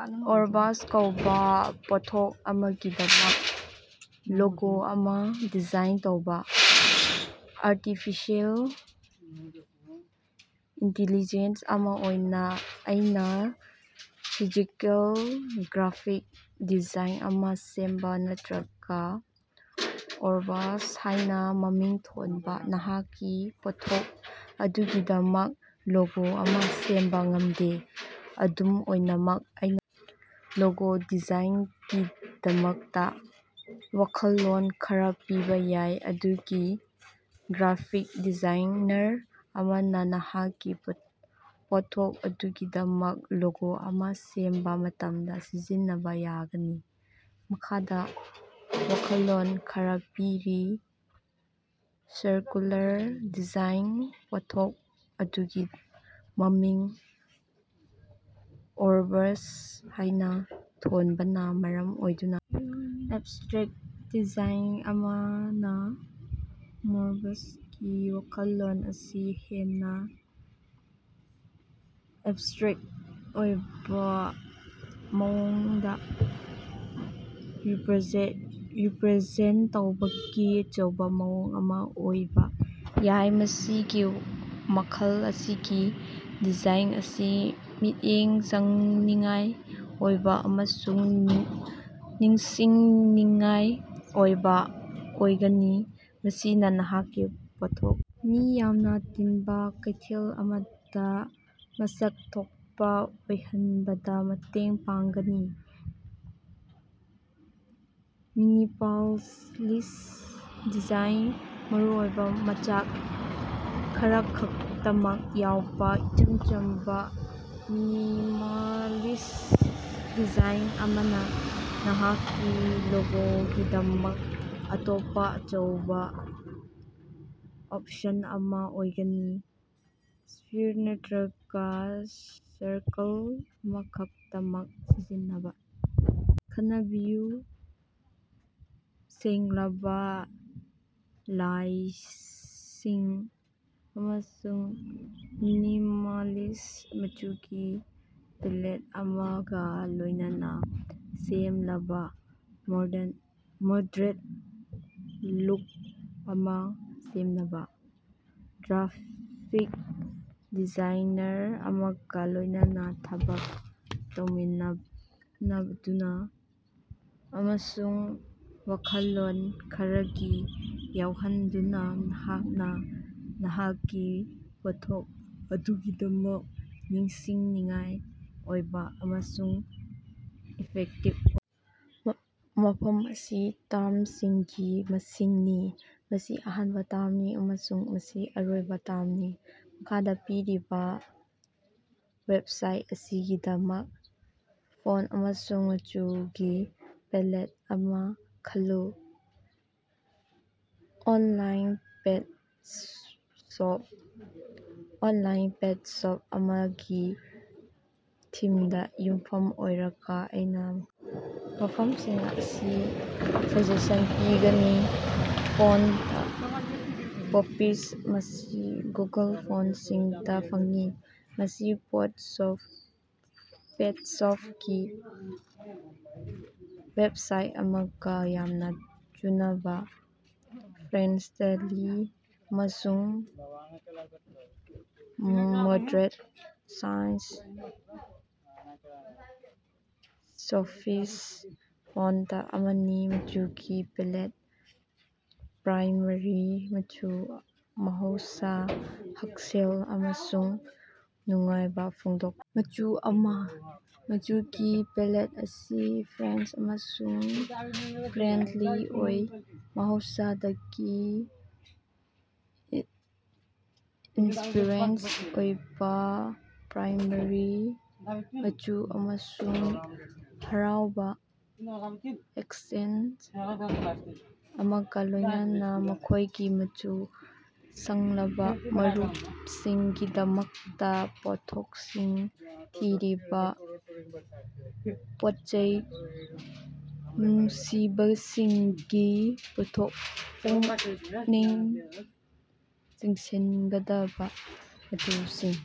Orbus ꯀꯧꯕ ꯄꯣꯠꯊꯣꯛ ꯑꯃꯒꯤꯗꯃꯛ ꯂꯣꯒꯣ ꯑꯃ ꯗꯤꯖꯥꯏꯟ ꯇꯧꯕ꯫ ꯑꯥꯔꯇꯤꯐꯤꯁꯤꯑꯦꯜ ꯏꯟꯇꯦꯂꯤꯖꯦꯟꯁ ꯑꯃ ꯑꯣꯏꯅ ꯑꯩꯅ ꯐꯤꯖꯤꯀꯦꯜ ꯒ꯭ꯔꯥꯐꯤꯛ ꯗꯤꯖꯥꯏꯟ ꯑꯃ ꯁꯦꯝꯕ ꯅꯠꯇ꯭ꯔꯒ "ꯑꯣꯔꯕꯁ" ꯍꯥꯏꯅ ꯃꯃꯤꯡ ꯊꯣꯟꯕ ꯅꯍꯥꯛꯀꯤ ꯄꯣꯠꯊꯣꯛ ꯑꯗꯨꯒꯤꯗꯃꯛ ꯂꯣꯒꯣ ꯑꯃ ꯁꯦꯝꯕ ꯉꯝꯗꯦ꯫ ꯑꯗꯨꯝ ꯑꯣꯏꯅꯃꯛ, ꯑꯩꯅ ꯂꯣꯒꯣ ꯗꯤꯖꯥꯏꯟꯒꯤꯗꯃꯛꯇ ꯋꯥꯈꯜꯂꯣꯟ ꯈꯔ ꯄꯤꯕ ꯌꯥꯏ ꯃꯗꯨꯗꯤ ꯒ꯭ꯔꯥꯐꯤꯛ ꯗꯤꯖꯥꯏꯅꯔ ꯑꯃꯅ ꯅꯍꯥꯛꯀꯤ ꯄꯣꯠꯊꯣꯛ ꯑꯗꯨꯒꯤꯗꯃꯛ ꯂꯣꯒꯣ ꯑꯃ ꯁꯦꯝꯕ ꯃꯇꯝꯗ ꯁꯤꯖꯤꯟꯅꯕ ꯌꯥꯒꯅꯤ꯫ ꯃꯈꯥꯗ ꯋꯥꯈꯜꯂꯣꯟ ꯈꯔ ꯄꯤꯔꯤ: ꯁꯥꯔꯀꯨꯂꯔ ꯗꯤꯖꯥꯏꯟ: ꯄꯣꯠꯊꯣꯛ ꯑꯗꯨꯒꯤ ꯃꯃꯤꯡ "ꯑꯣꯔꯕꯁ" ꯍꯥꯏꯅ ꯊꯣꯟꯕꯅ ꯃꯔꯝ ꯑꯣꯏꯗꯨꯅ ꯑꯦꯕꯁꯇ꯭ꯔꯦꯛꯇ ꯗꯤꯖꯥꯏꯟ ꯑꯃꯅ "ꯑꯣꯔꯕꯁ"ꯒꯤ ꯋꯥꯈꯜꯂꯣꯟ ꯑꯁꯤ ꯍꯦꯟꯅ ꯑꯦꯕꯁꯇ꯭ꯔꯦꯛꯇ ꯑꯣꯏꯕ ꯃꯑꯣꯡꯗ ꯔꯤꯄ꯭ꯔꯖꯦꯟꯇ ꯇꯧꯕꯒꯤ ꯑꯆꯧꯕ ꯃꯑꯣꯡ ꯑꯃ ꯑꯣꯏꯕ ꯌꯥꯏ꯫ ꯃꯁꯤꯒꯤ ꯃꯈꯜ ꯑꯁꯤꯒꯤ ꯗꯤꯖꯥꯏꯟ ꯑꯁꯤ ꯃꯤꯠꯌꯦꯡ ꯆꯪꯅꯤꯡꯉꯥꯏ ꯑꯣꯏꯕ ꯑꯃꯁꯨꯡ ꯅꯤꯡꯁꯤꯡꯅꯤꯡꯉꯥꯏ ꯑꯣꯏꯕ ꯑꯣꯏꯒꯅꯤ, ꯃꯁꯤꯅ ꯅꯍꯥꯛꯀꯤ ꯄꯣꯠꯊꯣꯛ ꯑꯗꯨ ꯃꯤ ꯌꯥꯝꯅ ꯇꯤꯟꯕ ꯀꯩꯊꯦꯜ ꯑꯃꯗ ꯃꯁꯛ ꯊꯣꯛꯄ ꯑꯣꯏꯍꯟꯕꯗ ꯃꯇꯦꯡ ꯄꯥꯡꯒꯅꯤ꯫ ꯃꯤꯅꯤꯃꯥꯂꯤꯁ꯭ꯠ ꯗꯤꯖꯥꯏꯟ: ꯃꯔꯨꯑꯣꯏꯕ ꯃꯆꯥꯛ ꯈꯔꯈꯛꯇꯃꯛ ꯌꯥꯎꯕ ꯏꯆꯝ ꯆꯝꯕ, ꯃꯤꯅꯤꯃꯥꯂꯤꯁ꯭ꯠ ꯗꯤꯖꯥꯏꯟ ꯑꯃ ꯅꯍꯥꯛꯀꯤ ꯂꯣꯒꯣꯒꯤꯗꯃꯛ ꯑꯇꯣꯞꯄ ꯑꯆꯧꯕ ꯑꯣꯞꯁꯟ ꯑꯃ ꯑꯣꯏꯒꯅꯤ꯫ ꯁ꯭ꯐꯤꯔ ꯅꯠꯇ꯭ꯔꯒ ꯁꯔꯀꯜ ꯑꯃꯈꯛꯇꯃꯛ ꯁꯤꯖꯤꯟꯅꯅꯕ ꯈꯟꯅꯕꯤꯌꯨ, ꯁꯦꯡꯂꯕ ꯂꯥꯏꯟꯁꯤꯡ ꯑꯃꯁꯨꯡ ꯃꯤꯅꯤꯃꯥꯂꯤꯁ꯭ꯠ ꯃꯆꯨꯒꯤ ꯄꯦꯂꯦꯠ ꯑꯃꯒ ꯂꯣꯏꯅꯅ ꯁꯦꯡꯂꯕ, ꯃꯣꯗꯔꯟ ꯂꯨꯛ ꯑꯃ ꯁꯦꯝꯅꯕ꯫ ꯒ꯭ꯔꯥꯐꯤꯛ ꯗꯤꯖꯥꯏꯅꯔ ꯑꯃꯒ ꯂꯣꯏꯅꯅ ꯊꯕꯛ ꯇꯧꯃꯤꯟꯅꯗꯨꯅ ꯑꯃꯁꯨꯡ ꯋꯥꯈꯜꯂꯣꯟ ꯈꯔꯗꯤ ꯌꯥꯎꯍꯟꯗꯨꯅ ꯅꯍꯥꯛꯅ ꯅꯍꯥꯛꯀꯤ ꯄꯣꯠꯊꯣꯛ ꯑꯗꯨꯒꯤꯗꯃꯛ ꯅꯤꯡꯁꯤꯡꯅꯤꯡꯉꯥꯏ ꯑꯣꯏꯕ ꯑꯃꯁꯨꯡ ꯏꯐꯦꯛꯇꯤꯚ ꯑꯣꯏꯕ ꯃꯐꯝ ꯑꯁꯤ ꯇ꯭ꯥꯔꯝꯁꯤꯡꯒꯤ ꯃꯁꯤꯡꯅꯤ, ꯑꯁꯤ ꯑꯍꯥꯟꯕ ꯇ꯭ꯥꯔꯞꯅꯤ ꯑꯃꯁꯨꯡ ꯑꯁꯤ ꯑꯔꯣꯏꯕ ꯇ꯭ꯥꯔꯝꯅꯤ꯫ ꯃꯈꯥꯗ ꯄꯤꯔꯤꯕ ꯋꯦꯕꯁꯥꯏꯠ ꯑꯁꯤꯒꯤꯗꯃꯛ ꯐꯣꯟꯇ ꯑꯃꯁꯨꯡ ꯃꯆꯨꯒꯤ ꯄꯦꯂꯦꯠ ꯑꯃꯥ ꯈꯜꯂꯨ꯫ Online pet shop. Online pet shop ꯑꯃꯒꯤ ꯊꯤꯝꯗ ꯌꯨꯝꯐꯝ ꯑꯣꯏꯔꯒ ꯑꯩꯅ ꯃꯈꯥꯒꯤ ꯋꯥꯐꯝꯁꯤꯡ ꯑꯁꯤ ꯁꯖꯦꯁꯟ ꯄꯤꯒꯅꯤ: ꯐꯣꯟꯇ: 'ꯄꯣꯄꯤꯟꯁ' ꯃꯁꯤ ꯒꯨꯒꯜ ꯐꯣꯟꯇꯁꯤꯡꯗ ꯐꯪꯏ꯫ ꯃꯁꯤ ꯄꯦꯠ ꯁꯣꯞꯀꯤ ꯋꯦꯕꯁꯥꯏꯠ ꯑꯃꯒꯥ ꯌꯥꯝꯅꯥ ꯆꯨꯅꯕꯥ ꯐ꯭ꯔꯦꯟꯗꯂꯤ ꯑꯃꯁꯨꯡ ꯃꯣꯗꯔꯟ ꯁꯥꯟꯁ-ꯁꯦꯔꯤꯐ ꯐꯣꯟꯇ ꯑꯃꯅꯤ꯫ ꯃꯆꯨꯒꯤ ꯄꯦꯂꯦꯠ: ꯄ꯭ꯔꯥꯏꯃꯥꯔꯤ ꯃꯆꯨ - ꯃꯍꯧꯁꯥ, ꯍꯛꯁꯦꯜ ꯑꯃꯁꯨꯡ ꯅꯨꯡꯉꯥꯏꯕ ꯐꯣꯡꯗꯣꯛꯄ ꯃꯆꯨ ꯑꯃ꯫ ꯃꯆꯨꯒꯤ ꯄꯦꯂꯦꯠ ꯑꯁꯤ ꯐ꯭ꯔꯦꯁ ꯑꯃꯁꯨꯡ ꯐ꯭ꯔꯦꯟꯗꯂꯤ ꯑꯣꯏ, ꯃꯍꯧꯁꯥꯗꯒꯤ ꯏꯟꯁ꯭ꯄꯤꯔꯦꯁꯟ ꯑꯣꯏꯕ ꯄ꯭ꯔꯥꯏꯃꯥꯔꯤ ꯃꯆꯨ ꯑꯃꯁꯨꯡ ꯍꯔꯥꯎꯕ ꯑꯦꯛꯁꯦꯟꯇ ꯑꯃꯒ ꯂꯣꯏꯅꯅ ꯃꯈꯣꯏꯒꯤ ꯃꯆꯨ ꯁꯪꯂꯕ ꯃꯔꯨꯞꯁꯤꯡꯒꯤꯗꯃꯛꯇ ꯄꯣꯠꯊꯣꯛꯁꯤꯡ ꯊꯤꯔꯤꯕ ꯄꯣꯠꯆꯩ ꯅꯨꯡꯁꯤꯕꯁꯤꯡꯒꯤ ꯄꯨꯛꯅꯤꯡ ꯆꯤꯡꯁꯤꯟꯒꯗꯕ ꯃꯆꯨꯁꯤꯡ꯫